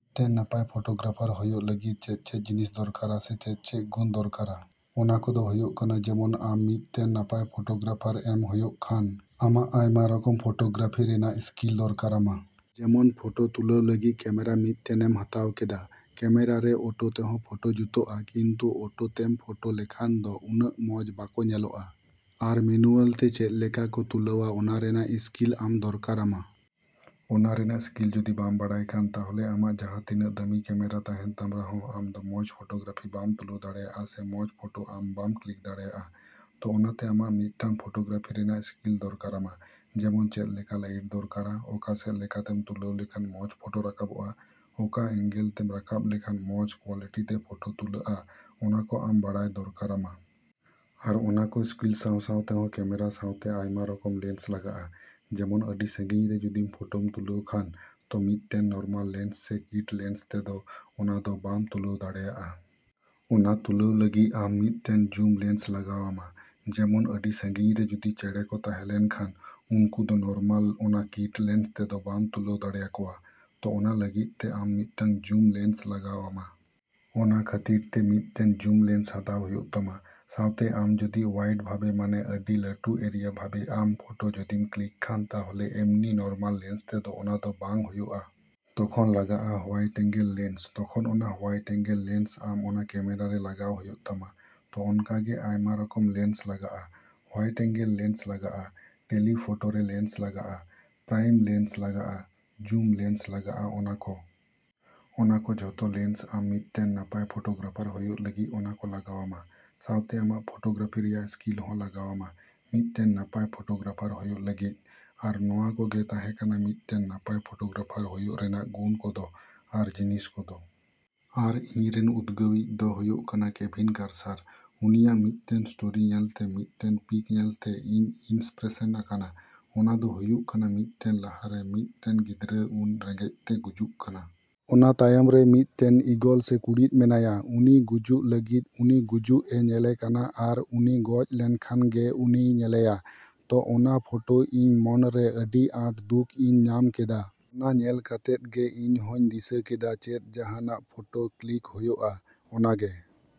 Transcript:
ᱢᱤᱫ ᱴᱮᱱ ᱱᱟᱯᱟᱭ ᱯᱷᱳᱴᱳᱜᱨᱟᱯᱷᱟᱨ ᱦᱳᱭᱳᱜ ᱞᱟᱹᱜᱤᱫ ᱪᱮᱫ ᱪᱮᱫ ᱡᱤᱱᱤᱥ ᱫᱚᱨᱠᱟᱨᱟ ᱥᱮ ᱪᱮᱫ ᱪᱮᱫ ᱜᱩᱱ ᱫᱚᱨᱠᱟᱨᱟ? ᱚᱱᱟ ᱠᱚᱫᱚ ᱦᱳᱭᱳᱜ ᱠᱟᱱᱟ ᱡᱮᱢᱚᱱ ᱟᱢ ᱢᱤᱫ ᱴᱮᱱ ᱱᱟᱯᱟᱭ ᱯᱷᱳᱴᱳᱜᱨᱟᱯᱷᱟᱨ ᱮᱢ ᱦᱳᱭᱳᱜ ᱠᱷᱟᱱ, ᱟᱢᱟᱜ ᱟᱭᱢᱟ ᱨᱚᱠᱚᱢ ᱯᱷᱳᱴᱳᱜᱨᱟᱯᱷᱤ ᱨᱮᱱᱟᱜ ᱥᱠᱤᱞ ᱫᱚᱨᱠᱟᱨᱟᱢᱟ᱾ ᱡᱮᱢᱚᱱ ᱯᱷᱳᱴᱳ ᱛᱩᱞᱟᱹᱣ ᱞᱟᱹᱜᱤᱫ ᱠᱮᱢᱮᱨᱟ ᱢᱤᱫ ᱴᱮᱱ ᱮᱢ ᱦᱟᱛᱟᱣ ᱠᱮᱫᱟ᱾ ᱠᱮᱢᱮᱨᱟ ᱨᱮ ᱚᱴᱳ ᱛᱮᱦᱚᱸ ᱯᱷᱳᱴᱳ ᱡᱩᱛᱚᱜᱼᱟ ᱠᱤᱱᱛᱩ ᱚᱴᱳ ᱛᱮᱢ ᱯᱷᱳᱴᱳ ᱞᱮᱠᱷᱟᱱ ᱫᱚ ᱩᱱᱟᱹᱜ ᱢᱚᱸᱡᱽ ᱵᱟᱠᱚ ᱧᱮᱞᱚᱜᱼᱟ᱾ ᱟᱨ ᱢᱤᱱᱩᱣᱟᱞ ᱛᱮ ᱪᱮᱫ ᱞᱮᱠᱟ ᱠᱚ ᱛᱩᱞᱟᱹᱣᱟ ᱚᱱᱟ ᱨᱮᱱᱟᱜ ᱥᱠᱤᱞ ᱟᱢ ᱫᱚᱨᱠᱟᱨᱟᱢᱟ᱾ ᱚᱱᱟ ᱨᱮᱱᱟᱜ ᱥᱠᱤᱞ ᱡᱚᱫᱤ ᱵᱟᱢ ᱵᱟᱲᱟᱭ ᱠᱷᱟᱱ ᱛᱟᱦᱚᱞᱮ ᱟᱢᱟᱜ ᱡᱟᱦᱟᱸ ᱛᱤᱱᱟᱹᱜ ᱫᱟᱹᱢᱤ ᱠᱮᱢᱮᱨᱟ ᱛᱟᱦᱮᱱ ᱛᱟᱢ ᱨᱮᱦᱚᱸ ᱟᱢᱫᱚ ᱢᱚᱸᱡᱽ ᱯᱷᱳᱴᱳᱜᱨᱟᱯᱷᱤ ᱵᱟᱢ ᱛᱩᱞᱟᱹᱣ ᱫᱟᱲᱮᱹᱭᱟᱜ ᱥᱮ ᱢᱚᱸᱡᱽ ᱯᱷᱳᱴᱳ ᱟᱢ ᱵᱟᱢ ᱠᱞᱤᱠ ᱫᱟᱲᱮᱹᱭᱟᱜᱼᱟ᱾ ᱛᱚ ᱚᱱᱟᱛᱮ ᱟᱢᱟᱜ ᱢᱤᱫ ᱴᱟᱝ ᱯᱷᱳᱴᱳᱜᱨᱟᱯᱷᱤ ᱨᱮᱱᱟᱜ ᱥᱠᱤᱞ ᱫᱚᱨᱠᱟᱨᱟᱢᱟ ᱡᱮᱢᱚᱱ ᱪᱮᱫ ᱞᱮᱠᱟ ᱞᱟᱭᱤᱴ ᱫᱚᱨᱠᱟᱨᱟ, ᱚᱠᱟ ᱥᱮᱫ ᱞᱮᱠᱟᱛᱮᱢ ᱛᱩᱞᱟᱹᱣ ᱞᱮᱠᱷᱟᱱ ᱢᱚᱸᱡᱽ ᱯᱷᱳᱴᱳ ᱨᱟᱠᱟᱵᱚᱜᱼᱟ, ᱚᱠᱟ ᱮᱝᱜᱮᱞ ᱛᱮᱢ ᱨᱟᱠᱟᱵ ᱞᱮᱠᱷᱟᱱ ᱢᱚᱸᱡᱽ ᱠᱳᱣᱟᱞᱤᱴᱤ ᱛᱮ ᱯᱷᱳᱴᱳ ᱛᱩᱞᱟᱹᱜᱼᱟ, ᱚᱱᱟᱠᱚ ᱟᱢ ᱵᱟᱰᱟᱭ ᱫᱚᱨᱠᱟᱨᱟᱢᱟ᱾ ᱟᱨ ᱚᱱᱟ ᱠᱚ ᱥᱠᱤᱞ ᱥᱟᱶ ᱥᱟᱶᱛᱮᱦᱚᱸ ᱠᱮᱢᱮᱨᱟ ᱥᱟᱶᱛᱮ ᱟᱭᱢᱟ ᱨᱚᱠᱚᱢ ᱞᱮᱱᱥ ᱞᱟᱜᱟᱜᱼᱟ᱾ ᱡᱮᱢᱚᱱ ᱟᱹᱰᱤ ᱥᱟᱹᱜᱤᱧ ᱨᱮ ᱡᱩᱫᱤᱢ ᱯᱷᱳᱴᱳᱢ ᱛᱩᱞᱟᱹᱣ ᱠᱷᱟᱱ ᱛᱚ ᱢᱤᱫ ᱴᱮᱱ ᱱᱚᱨᱢᱟᱞ ᱞᱮᱱᱥ ᱥᱮ ᱠᱤᱴ ᱞᱮᱱᱥ ᱛᱮᱫᱚ ᱚᱱᱟ ᱫᱚ ᱵᱟᱢ ᱛᱩᱞᱟᱹᱣ ᱫᱟᱲᱮᱹᱭᱟᱜᱼᱟ᱾ ᱚᱱᱟ ᱛᱩᱞᱟᱹᱣ ᱞᱟᱹᱜᱤᱫ ᱟᱢ ᱢᱤᱫ ᱴᱮᱱ ᱡᱩᱢ ᱞᱮᱱᱥ ᱞᱟᱜᱟᱣ ᱟᱢᱟ᱾ ᱡᱮᱢᱚᱱ ᱟᱹᱰᱤ ᱥᱟᱹᱜᱤᱧ ᱨᱮ ᱡᱩᱫᱤ ᱪᱮᱬᱮ ᱠᱚ ᱛᱟᱦᱮᱸ ᱞᱮᱱ ᱠᱷᱟᱱ ᱩᱱᱠᱩ ᱫᱚ ᱱᱚᱨᱢᱟᱞ ᱚᱱᱟ ᱠᱤᱴ ᱞᱮᱱᱥ ᱛᱮᱫᱚ ᱵᱟᱢ ᱛᱩᱞᱟᱹᱣ ᱫᱟᱲᱮᱭᱟᱠᱚᱣᱟ᱾ ᱛᱚ ᱚᱱᱟ ᱞᱟᱹᱜᱤᱫ ᱛᱮ ᱟᱢ ᱢᱤᱫ ᱴᱟᱝ ᱡᱩᱢ ᱞᱮᱱᱥ ᱞᱟᱜᱟᱣ ᱟᱢᱟ᱾ ᱚᱱᱟ ᱠᱷᱟᱹᱛᱤᱨ ᱛᱮ ᱢᱤᱫ ᱴᱮᱱ ᱡᱩᱢ ᱞᱮᱱᱥ ᱦᱟᱛᱟᱣ ᱦᱳᱭᱳᱜ ᱛᱟᱢᱟ᱾ ᱥᱟᱶᱛᱮ ᱟᱢ ᱡᱚᱫᱤ ᱚᱣᱟᱭᱤᱰ ᱵᱷᱟᱵᱮ ᱢᱟᱱᱮ ᱟᱹᱰᱤ ᱞᱟᱹᱴᱩ ᱮᱨᱤᱭᱟ ᱵᱷᱟᱵᱮ ᱟᱢ ᱯᱷᱳᱴᱳ ᱡᱚᱫᱤᱢ ᱠᱞᱤᱠ ᱠᱷᱟᱱ ᱛᱟᱦᱚᱞᱮ ᱮᱢᱱᱤ ᱱᱚᱨᱢᱟᱞ ᱞᱮᱱᱥ ᱛᱮᱫᱚ ᱚᱱᱟ ᱫᱚ ᱵᱟᱝ ᱦᱳᱭᱳᱜᱼᱟ᱾ ᱛᱚᱠᱷᱚᱱ ᱞᱟᱜᱟᱜᱼᱟ ᱦᱳᱣᱟᱭᱤᱴ ᱮᱝᱜᱮᱞ ᱞᱮᱱᱥ᱾ ᱛᱚᱠᱷᱚᱱ ᱚᱱᱟ ᱦᱳᱣᱟᱭᱤᱴ ᱮᱝᱜᱮᱞ ᱞᱮᱱᱥ ᱟᱢ ᱚᱱᱟ ᱠᱮᱢᱮᱨᱟ ᱨᱮ ᱞᱟᱜᱟᱣ ᱦᱳᱭᱳᱜ ᱛᱟᱢᱟ᱾ ᱛᱚ ᱚᱱᱠᱟ ᱜᱮ ᱟᱭᱢᱟ ᱨᱚᱠᱚᱢ ᱞᱮᱱᱥ ᱞᱟᱜᱟᱜᱼᱟ᱾ ᱦᱳᱣᱟᱭᱤᱴ ᱮᱝᱜᱮᱞ ᱞᱮᱱᱥ ᱞᱟᱜᱟᱜᱼᱟ, ᱴᱮᱞᱤ ᱯᱷᱳᱴᱳ ᱨᱮ ᱞᱮᱱᱥ ᱞᱟᱜᱟᱜᱼᱟ, ᱯᱨᱟᱭᱤᱢ ᱞᱮᱱᱥ ᱞᱟᱜᱟᱜᱼᱟ, ᱡᱩᱢ ᱞᱮᱱᱥ ᱞᱟᱜᱟᱜᱼᱟ ᱚᱱᱟᱠᱚ᱾ ᱚᱱᱟ ᱠᱚ ᱡᱷᱚᱛᱚ ᱞᱮᱱᱥ ᱟᱢ ᱢᱤᱫ ᱴᱮᱱ ᱱᱟᱯᱟᱭ ᱯᱷᱳᱴᱳᱜᱨᱟᱯᱷᱟᱨ ᱦᱳᱭᱳᱜ ᱞᱟᱹᱜᱤᱫ ᱚᱱᱟᱠᱚ ᱞᱟᱜᱟᱣ ᱟᱢᱟ᱾ ᱥᱟᱶᱛᱮ ᱟᱢᱟᱜ ᱯᱷᱳᱴᱳᱜᱨᱟᱯᱷᱤ ᱨᱮᱭᱟᱜ ᱥᱠᱤᱞ ᱦᱚᱸ ᱞᱟᱜᱟᱣ ᱟᱢᱟ ᱢᱤᱫ ᱴᱮᱱ ᱱᱟᱯᱟᱭ ᱯᱷᱳᱴᱳᱜᱨᱟᱯᱷᱟᱨ ᱦᱳᱭᱳᱜ ᱞᱟᱹᱜᱤᱫ᱾ ᱟᱨ ᱱᱚᱶᱟ ᱠᱚᱜᱮ ᱛᱟᱦᱮᱸ ᱠᱟᱱᱟ ᱢᱤᱫ ᱴᱮᱱ ᱱᱟᱯᱟᱭ ᱯᱷᱳᱴᱳᱜᱨᱟᱯᱷᱟᱨ ᱦᱳᱭᱳᱜ ᱨᱮᱱᱟᱜ ᱜᱩᱱ ᱠᱚᱫᱚ ᱟᱨ ᱡᱤᱱᱤᱥ ᱠᱚᱫᱚ᱾ ᱟᱨ ᱤᱧ ᱨᱮᱱ ᱩᱫᱜᱟᱹᱣ ᱤᱡ ᱫᱚ ᱦᱳᱭᱳᱜ ᱠᱟᱱᱟ ᱠᱮᱵᱷᱤᱱ ᱠᱟᱨᱥᱟᱨ᱾ ᱩᱱᱤᱭᱟᱜ ᱢᱤᱫ ᱴᱮᱱ ᱥᱴᱳᱨᱤ ᱧᱮᱞᱛᱮ, ᱢᱤᱫ ᱴᱮᱱ ᱯᱤᱠ ᱧᱮᱞᱛᱮ ᱤᱧ ᱤᱱᱥᱯᱨᱮᱥᱮᱱ ᱟᱠᱟᱱᱟ᱾ ᱚᱱᱟ ᱫᱚ ᱦᱩᱭᱩᱜ ᱠᱟᱱᱟ ᱢᱤᱫ ᱴᱮᱱ ᱞᱟᱦᱟ ᱨᱮ ᱢᱤᱫ ᱴᱮᱱ ᱜᱤᱫᱽᱨᱟᱹ ᱩᱱ ᱨᱮᱸᱜᱮᱡ ᱛᱮ ᱜᱩᱡᱩᱜ ᱠᱟᱱᱟ᱾ ᱚᱱᱟ ᱛᱟᱭᱚᱢ ᱨᱮ ᱢᱤᱫ ᱴᱮᱱ ᱤᱜᱚᱞ ᱥᱮ ᱠᱩᱲᱤᱫ ᱢᱮᱱᱟᱭᱟ᱾ ᱩᱱᱤ ᱜᱩᱡᱩᱜ ᱞᱟᱹᱜᱤᱫ ᱩᱱᱤ ᱜᱩᱡᱩᱜ ᱮ ᱧᱮᱞᱮ ᱠᱟᱱᱟ ᱟᱨ ᱩᱱᱤ ᱜᱚᱡ ᱞᱮᱱᱠᱷᱟᱱ ᱜᱮ ᱩᱱᱤᱭ ᱧᱮᱞᱮᱭᱟ᱾ ᱛᱚ ᱚᱱᱟ ᱯᱷᱳᱴᱳ ᱤᱧ ᱢᱚᱱ ᱨᱮ ᱟᱹᱰᱤ ᱟᱸᱴ ᱫᱩᱠ ᱤᱧ ᱧᱟᱢ ᱞᱮᱫᱟ᱾ ᱚᱱᱟ ᱧᱮᱞ ᱠᱟᱛᱮᱫ ᱜᱮ ᱤᱧ ᱦᱚᱸᱧ ᱫᱤᱥᱟᱹ ᱠᱮᱫᱟ ᱪᱮᱫ ᱡᱟᱦᱟᱱᱟᱜ ᱯᱷᱳᱴᱳ ᱠᱞᱤᱠ ᱦᱳᱭᱳᱜᱼᱟ᱾ ᱚᱱᱟᱜᱮ।